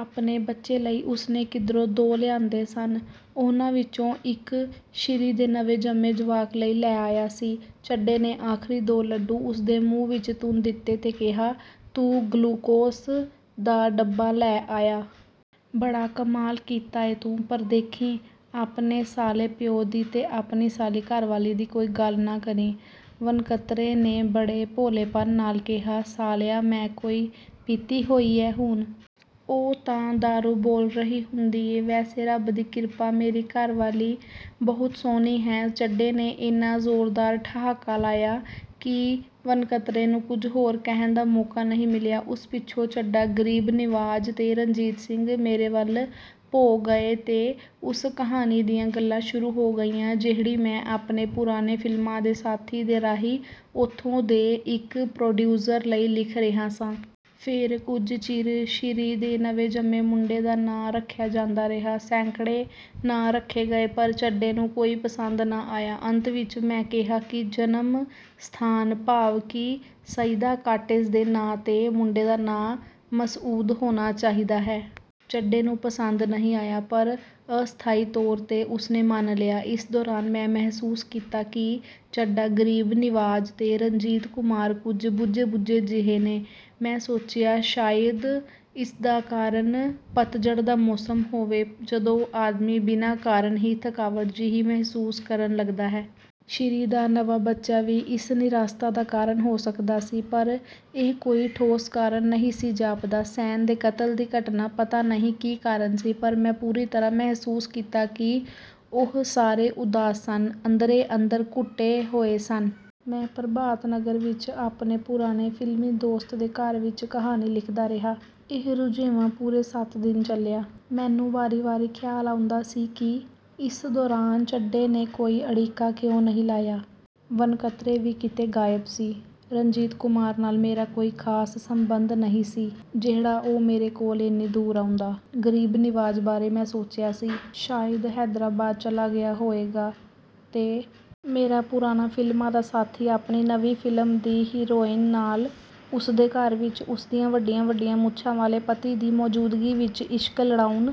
ਆਪਣੇ ਬੱਚੇ ਲਈ ਉਸਨੇ ਕਿਧਰੋਂ ਦੋ ਲਿਆਂਦੇ ਸਨ, ਉਹਨਾਂ ਵਿਚੋਂ ਇਕ ਸ਼ੀਰੀਂ ਦੇ ਨਵੇਂ ਜੰਮੇ ਜਵਾਕ ਲਈ ਲੈ ਆਇਆ ਸੀ। ਚੱਡੇ ਨੇ ਆਖਰੀ ਦੋ ਲੱਡੂ ਉਸਦੇ ਮੂੰਹ ਵਿਚ ਤੁੰਨ ਦਿੱਤੇ ਤੇ ਕਿਹਾ, "ਤੂੰ ਗਲੂਕੋਸ ਦਾ ਡੱਬਾ ਲੈ ਆਇਆ। ਬੜਾ ਕਮਾਲ ਕੀਤਾ ਏ ਤੂੰ ਪਰ ਦੇਖੀਂ, ਆਪਣੇ ਸਾਲੇ ਪਿਉ ਦੀ ਤੇ ਆਪਣੀ ਸਾਲੀ ਘਰਵਾਲੀ ਦੀ, ਕੋਈ ਗੱਲ ਨਾ ਕਰੀਂ। " ਵਣਕਤਰੇ ਨੇ ਬੜੇ ਭੋਲੇਪਨ ਨਾਲ ਕਿਹਾ, "ਸਾਲਿਆ, ਮੈਂ ਕੋਈ ਪੀਤੀ ਹੋਈ ਏ ਹੁਣ? ਉਹ ਤਾਂ ਦਾਰੂ ਬੋਲ ਰਹੀ ਹੁੰਦੀ ਏ ਵੈਸੇ ਰਬ ਦੀ ਕ੍ਰਿਪਾ, ਮੇਰੀ ਘਰਵਾਲੀ ਬਹੁਤ ਸੋਹਣੀ ਹੈ। "ਚੱਡੇ ਨੇ ਏਨਾ ਜ਼ੋਰਦਾਰ ਠਹਾਕਾ ਲਾਇਆ ਕਿ ਵਣਕਤਰੇ ਨੂੰ ਕੁਝ ਹੋਰ ਕਹਿਣ ਦਾ ਮੌਕਾ ਨਹੀਂ ਮਿਲਿਆ। ਉਸ ਪਿੱਛੋਂ ਚੱਡਾ, ਗਰੀਬ ਨਿਵਾਜ ਤੇ ਰਣਜੀਤ ਸਿੰਘ ਮੇਰੇ ਵੱਲ ਭੌਂ ਗਏ ਤੇ ਉਸ ਕਹਾਣੀ ਦੀਆਂ ਗੱਲਾਂ ਸ਼ੁਰੂ ਹੋ ਗਈਆਂ ਜਿਹੜੀ ਮੈਂ ਆਪਣੇ ਪੁਰਾਣੇ ਫ਼ਿਲਮਾਂ ਦੇ ਸਾਥੀ ਦੇ ਰਾਹੀਂ ਉੱਥੋਂ ਦੇ ਇਕ ਪ੍ਰੋਡਿਊਸਰ ਲਈ ਲਿਖ ਰਿਹਾ ਸਾਂ। ਫੇਰ ਕੁਝ ਚਿਰ ਸ਼ੀਰੀਂ ਦੇ ਨਵੇਂ ਜੰਮੇ ਮੁੰਡੇ ਦਾ ਨਾਂਅ ਰੱਖਿਆ ਜਾਂਦਾ ਰਿਹਾ। ਸੈਂਕੜੇ ਨਾਂਅ ਰੱਖੇ ਗਏ, ਪਰ ਚੱਡੇ ਨੂੰ ਕੋਈ ਪਸੰਦ ਨਾ ਆਇਆ। ਅੰਤ ਵਿਚ ਮੈਂ ਕਿਹਾ ਕਿ ਜਨਮ ਸਥਾਨ ਭਾਵ ਕਿ ਸਈਦਾ ਕਾਟੇਜ ਦੇ ਨਾਂਅ 'ਤੇ ਮੁੰਡੇ ਦਾ ਨਾਂਅ ਮਸਊਦ ਹੋਣਾ ਚਾਹੀਦਾ ਹੈ। ਚੱਡੇ ਨੂੰ ਪਸੰਦ ਨਹੀਂ ਆਇਆ, ਪਰ ਅਸਥਾਈ ਤੌਰ 'ਤੇ ਉਸਨੇ ਮੰਨ ਲਿਆ। ਇਸ ਦੌਰਾਨ ਮੈਂ ਮਹਿਸੂਸ ਕੀਤਾ ਕਿ ਚੱਡਾ, ਗਰੀਬ ਨਿਵਾਜ ਤੇ ਰਣਜੀਤ ਕੁਮਾਰ ਕੁਝ ਬੁਝੇ-ਬੁਝੇ ਜਿਹੇ ਨੇ। ਮੈਂ ਸੋਚਿਆ, ਸ਼ਾਇਦ ਇਸ ਦਾ ਕਾਰਨ ਪਤਝੜ ਦਾ ਮੌਸਮ ਹੋਏ, ਜਦੋਂ ਆਦਮੀ ਬਿਨਾਂ ਕਾਰਨ ਹੀ ਥਕਾਵਟ ਜਿਹੀ ਮਹਿਸੂਸ ਕਰਨ ਲੱਗਦਾ ਹੈ। ਸ਼ੀਰੀਂ ਦਾ ਨਵਾਂ ਬੱਚਾ ਵੀ ਇਸ ਨਿਰਾਸਤਾ ਦਾ ਕਾਰਨ ਹੋ ਸਕਦਾ ਸੀ, ਪਰ ਇਹ ਕੋਈ ਠੋਸ ਕਾਰਨ ਨਹੀਂ ਸੀ ਜਾਪਦਾ। ਸੈਨ ਦੇ ਕਤਲ ਦੀ ਘਟਨਾ? ਪਤਾ ਨਹੀਂ ਕੀ ਕਾਰਨ ਸੀ ਪਰ ਮੈਂ ਪੂਰੀ ਤਰ੍ਹਾਂ ਮਹਿਸੂਸ ਕੀਤਾ ਕਿ ਉਹ ਸਾਰੇ ਉਦਾਸ ਸਨ; ਅੰਦਰੇ-ਅੰਦਰ ਘੁੱਟੇ ਹੋਏ ਸਨ। ਮੈਂ ਪ੍ਰਭਾਤ ਨਗਰ ਵਿਚ ਆਪਣੇ ਪੁਰਾਣੇ ਫਿਲਮੀਂ ਦੋਸਤ ਦੇ ਘਰ ਵਿਚ ਕਹਾਣੀ ਲਿਖਦਾ ਰਿਹਾ। ਇਹ ਰੁਝੇਵਾਂ ਪੂਰੇ ਸੱਤ ਦਿਨ ਚੱਲਿਆ। ਮੈਨੂੰ ਵਾਰੀ-ਵਾਰੀ ਖਿਆਲ ਆਉਂਦਾ ਸੀ ਕਿ ਇਸ ਦੌਰਾਨ ਚੱਡੇ ਨੇ ਕੋਈ ਅੜਿਕਾ ਕਿਉਂ ਨਹੀਂ ਲਾਇਆ। ਵਣਕਤਰੇ ਵੀ ਕਿਤੇ ਗਾਇਬ ਸੀ। ਰਣਜੀਤ ਕੁਮਾਰ ਨਾਲ ਮੇਰਾ ਕੋਈ ਖਾਸ ਸਬੰਧ ਨਹੀਂ ਸੀ, ਜਿਹੜਾ ਉਹ ਮੇਰੇ ਕੋਲ ਏਨੀ ਦੂਰ ਆਉਂਦਾ। ਗਰੀਬ ਨਿਵਾਜ ਬਾਰੇ ਮੈਂ ਸੋਚਿਆ ਸੀ, ਸ਼ਾਇਦ ਹੈਦਰਾਬਾਦ ਚਲਾ ਗਿਆ ਹੋਏਗਾ। ਤੇ ਮੇਰਾ ਪੁਰਾਣਾ ਫਿਲਮਾਂ ਦਾ ਸਾਥੀ ਆਪਣੀ ਨਵੀਂ ਫਿਲਮ ਦੀ ਹੀਰੋਇਨ ਨਾਲ, ਉਸਦੇ ਘਰ ਵਿਚ, ਉਸਦੀਆਂ ਵੱਡੀਆਂ-ਵੱਡੀਆਂ ਮੁੱਛਾਂ ਵਾਲੇ ਪਤੀ ਦੀ ਮੌਜੂਦਗੀ ਵਿਚ, ਇਸ਼ਕ ਲੜਾਉਣ